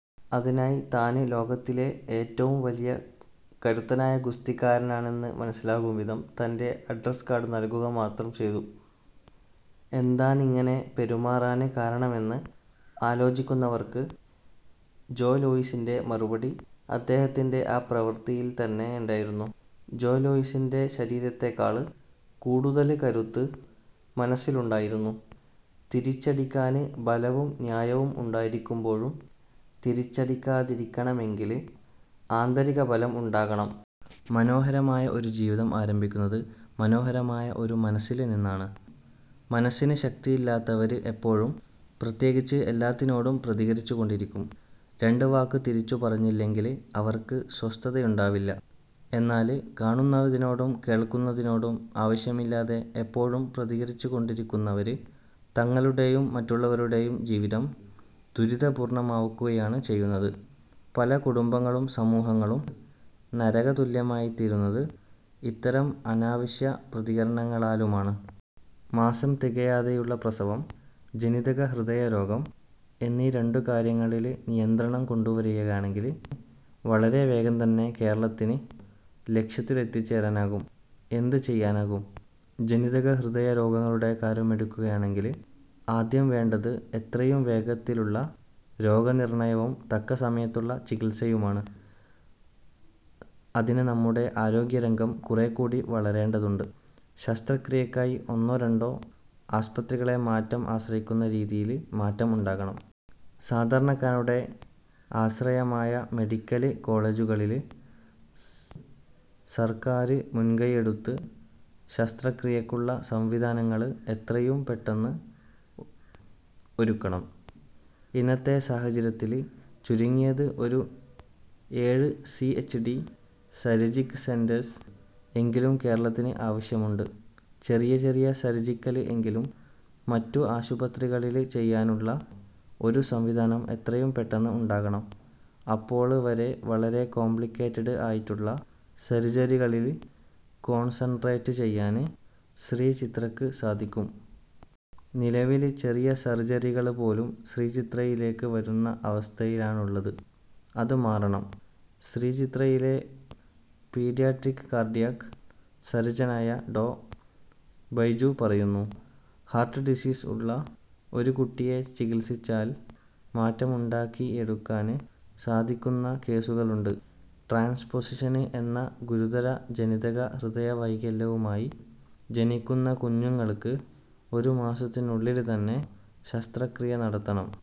അതിനായി താന് ലോകത്തിലെ ഏറ്റവും കരുത്തനായ ഗുസ്തിക്കാരനാണെന്ന് മനസിലാകുംവിധം തന്റെ അഡ്രസ് കാര്ഡ് നല്കുകമാത്രം ചെയ്തു. എന്താണിങ്ങനെ പെരുമാറാന് കാരണമെന്ന് ആലോചിക്കുന്നവര്ക്ക് ജോ ലൂയിസിന്റെ മറുപടി അദ്ദേഹത്തിന്റെ ആ പ്രവര്ത്തിയില് ത്തന്നെയുണ്ടായിരുന്നു. ജോ ലൂയിസിന്റെ ശരീരത്തെക്കാള് കൂടുതല് കരുത്ത് മനസ്സിനുണ്ടായിരുന്നു. തിരിച്ചടിക്കാന് ബലവും ന്യായവും ഉണ്ടായിരിക്കുമ്പോഴും തിരിച്ചടിക്കാതിരിക്കണമെങ്കില് ആന്തരികബലം ഉണ്ടാകണം. മനോഹരമായ ഒരു ജീവിതം ആരംഭിക്കുന്നത് മനോഹരമായ ഒരു മനസ്സില്നിന്നാണ്. മനസ്സിന് ശക്തിയില്ലാത്തവര് എപ്പോഴും, പ്രത്യേകിച്ച് എല്ലാത്തിനോടും പ്രതികരിച്ചുകൊണ്ടിരിക്കും. രണ്ട് വാക്ക് തിരിച്ചു പറഞ്ഞില്ലെങ്കില് അവര്ക്ക് സ്വസ്ഥതയുണ്ടാവില്ല. എന്നാല് കാണുന്നതിനോടും കേള്ക്കുന്നതിനോടും ആവശ്യമില്ലാതെ എപ്പോഴും പ്രതികരിച്ചുകൊണ്ടിരിക്കുന്നവര് തങ്ങളുടെയും മറ്റുള്ളവരുടെയും ജീവിതം ദുരിതപൂര്ണമാക്കുകയാണ് ചെയ്യുന്നത്. പല കുടുംബങ്ങളും സമൂഹങ്ങളും നരകതുല്യമായിത്തീരുന്നത് ഇത്തരം അനാവശ്യ പ്രതികരണങ്ങളാലുമാണ്. മാസം തികയാതെയുള്ള പ്രസവം, ജനിതക ഹൃദയരോഗം എന്നീ രണ്ടുകാര്യങ്ങളില് നിയന്ത്രണം കൊണ്ടുവരികയാണെങ്കില് വളരെ വേഗം തന്നെ കേരളത്തിന് ലക്ഷ്യത്തിലെത്തിച്ചേരാനാകും. എന്ത് ചെയ്യാനാകും. ജനിതകഹൃദയ രോഗങ്ങളുടെ കാര്യമെടുക്കുകയാണെങ്കില് ആദ്യം വേണ്ടത് എത്രയും വേഗത്തിലുള്ള രോഗനിര്ണയവും തക്കസമയത്തുള്ള ചികിത്സയുമാണ്. അതിന് നമ്മുടെ ആരോഗ്യരംഗം കുറേക്കൂടി വളരേണ്ടതുണ്ട്. ശസ്ത്രക്രിയക്കായി ഒന്നോ രണ്ടോ ആസ്പത്രികളെ മാത്രം ആശ്രയിക്കുന്ന രീതിയില് മാറ്റം ഉണ്ടാകണം. സാധാരണക്കാരുടെ ആശ്രയമായ മെഡിക്കല് കോളേജുകളില് സര്ക്കാര് മുന്കൈയെടുത്ത് ശസ്ത്രക്രിയക്കുള്ള സംവിധാനങ്ങള് എത്രയും പെട്ടന്ന് ഒരുക്കണം. ഇന്നത്തെ സാഹചര്യത്തില് ചുരുങ്ങിയത് ഒരു ഏഴ് സിഎച്ച്ഡി സര്ജിക് സെന്റേഴ്സ് എങ്കിലും കേരളത്തിന് ആവശ്യമുണ്ട്. ' ചെറിയ ചെറിയ സര്ജറികള് എങ്കിലും മറ്റു ആസ്പത്രികളില് ചെയ്യാനുള്ള ഒരു സംവിധാനം എത്രയും പെട്ടന്ന് ഉണ്ടാകണം, അപ്പോള് വളരെ കോംപ്ലിക്കേറ്റഡ് ആയിട്ടുള്ള സര്ജറികളില് കോണ്സന്ട്രേറ്റ് ചെയ്യാന് ശ്രീചിത്രക്ക് സാധിക്കും. നിലവില് ചെറിയ സര്ജറികള് പോലും ശ്രീചിത്രയിലേക്ക് വരുന്ന അവസ്ഥയാണുള്ളത്. അത് മാറണം. ' ശ്രീചിത്രയിലെ പീഡിയാട്രിക് കാര്ഡിയാക് സര്ജനായ ഡോ. ബൈജു പറയുന്നു. ' ഹാര്ട്ട് ഡിസീസ് ഉള്ള ഒരു കുട്ടിയെ ചികിത്സിച്ചാല് മാറ്റം ഉണ്ടാക്കിയെടുക്കാന് സാധിക്കുന്ന കേസുകളുണ്ട്. ട്രാന്സ്പൊസിഷന് എന്ന ഗുരുതര ജനിതക ഹൃദയ വൈകല്യവുമായി ജനിക്കുന്ന കുഞ്ഞുങ്ങള്ക്ക് ഒരുമാസത്തിനുള്ളില് തന്നെ ശസ്ത്രക്രിയ നടത്തണം.